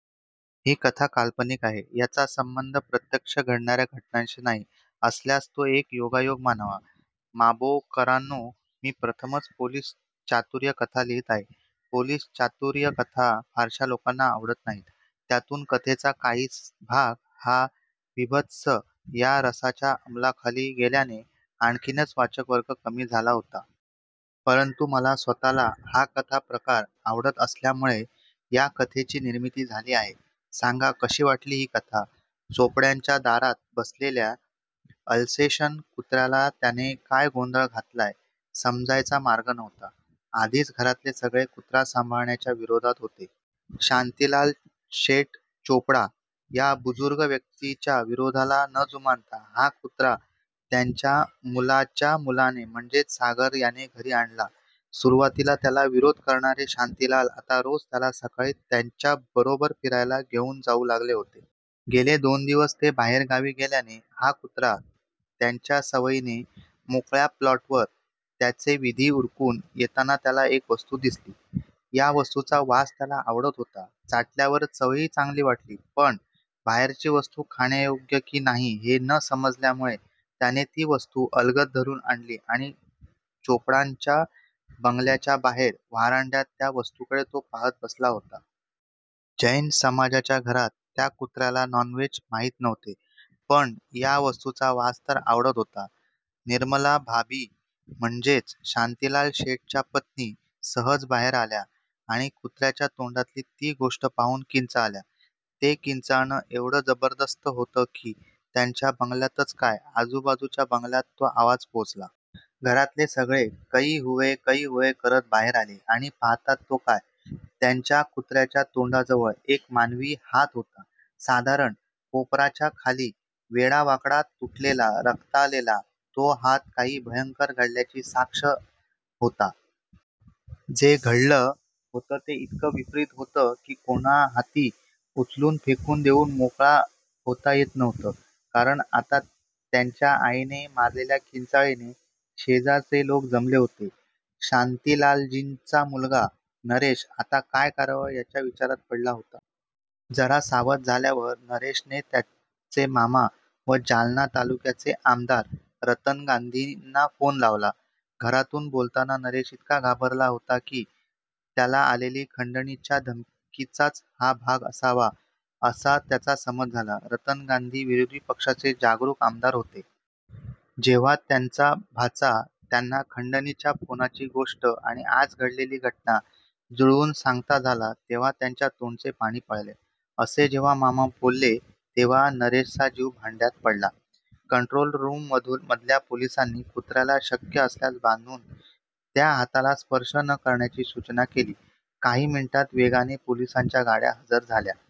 ही कथा काल्पनिक आहे. याचा संबंध प्रत्यक्ष घडणार्या घटनांशी नाही. असल्यास तो एक योगायोग मानावा. माबोकरांनो मी प्रथमच पोलीस चातुर्य कथा लिहीत आहे. पोलीस चातुर्यकथा फारश्या लोकांना आवडत नाहीत. त्यातुन कथेचा काही भाग हा बिभत्स या रसाच्या अमला खाली गेल्याने आणखीनच वाचक वर्ग कमी होतो. परंतु मला स्वतःला हा कथाप्रकार आवडत असल्यामुळे या कथेची निर्मीती झाली आहे. सांगा कशी वाटली ही कथा. चोपडांच्या दारात बसलेल्या अल्सेशन कुत्र्याला त्याने काय गोंधळ घातलाय समजायचा मार्ग नव्हता. आधीच घरातले सगळे कुत्रा सांभाळण्याच्या विरोधात होते. शांतीलालशेठ चोपडा या बुजुर्ग व्यक्तिच्या विरोधाला न जुमानता हा कुत्रा त्यांच्या मुलाच्या मुलाने म्हणजे सागर याने घरी आणला. सुरवातीला त्याला विरोध करणारे शांतीलाल आता रोज त्याला सकाळी त्यांच्या बरोबर फिरायला घेऊन जाऊ लागले होते. गेले दोन दिवस ते बाहेर गावी गेल्याने हा कुत्रा त्याच्या सवयीने मोकळ्या प्लॉटवर त्याचे विधी उरकुन येताना त्याला एक वस्तु दिसली. या वस्तुचा वास त्याला आवडत होता. चाटल्यावर चवही चांगली वाटली पण बाहेरची वस्तु खाण्यायोग्य कि नाही हे न समजल्यामुळे त्याने ती वस्तु अलगद धरुन आणली आणी चोपडांच्या बंगल्याच्या बाहेर व्हरांड्यात त्या वस्तुकडे तो पहात बसला होता. जैन समाजाच्या घरात त्या कुत्र्याला नॉनव्हेज माहित नव्हते पण या वस्तुचा वास तर आवडत होता. निर्मलाभाबी म्हणजे शांतीलालशेठ्च्या पत्नी सहजच बाहेर आल्या आणि कुत्र्याच्या तोंडातली ती गोष्ट पाहुन किंचाळल्या. ते किंचाळण येव्हड जबरदस्त होत की त्यांच्या बंगल्यातच काय आजुबाजुच्या बंगल्यात तो आवाज पोहोचला. घरातले सगळे " कई हुवे कई हुवे " करत बाहेर आले, आणि पहातात तो काय त्यांच्या कुत्र्याच्या तोंडाजवळ एक मानवी हात होता. साधारण कोपाराच्या खाली वेडावा़कडा तुटलेला रक्ताळलेला तो हात काही भयंकर घडल्याची साक्ष होता. जे घडल होत ते इतक विपरीत होत की कोणाहाती उचलुन फेकुन देऊन मोकळ होता येत नव्हत. कारण आता त्याच्या आईने मारलेल्या किंचाळीने शेजारचे लोक जमले होते. शांतीलालजींचा मुलगा नरेश आता काय कराव याच्या विचारात पडला होता. जरा सावध झाल्यावर नरेशने त्याचे मामा व जालना तालुक्यातले आमदार रतन गांधींना फोन लावला. घरातुन बोलताना नरेश इतका घाबरला होता की त्याला आलेली खंडणीच्या धमकीचाच हा भाग असावा, असा त्याचा समज झाला. रतन गांधी विरोधी पक्षाचे जागरुक आमदार होते. जेव्हा त्यांचा भाचा त्यांना खंडणीच्या फोनची गोष्ट आणि आज घडलेली घटना जुळवुन सांगता झाला तेव्हा त्यांच्या तोंडचे पाणी पळाले. "असे जेव्हा मामा बोलले तेव्हा नरेशचा जीव भांड्यात पडला. कंट्रोल रुम मधल्या पोलीसांनी कुत्र्याला शक्य असल्यास बांधुन त्या हाताला स्पर्श न करण्याची सुचना केली. काही मिनीटात वेगाने पोलीसांच्या गाड्या हजर झाल्या.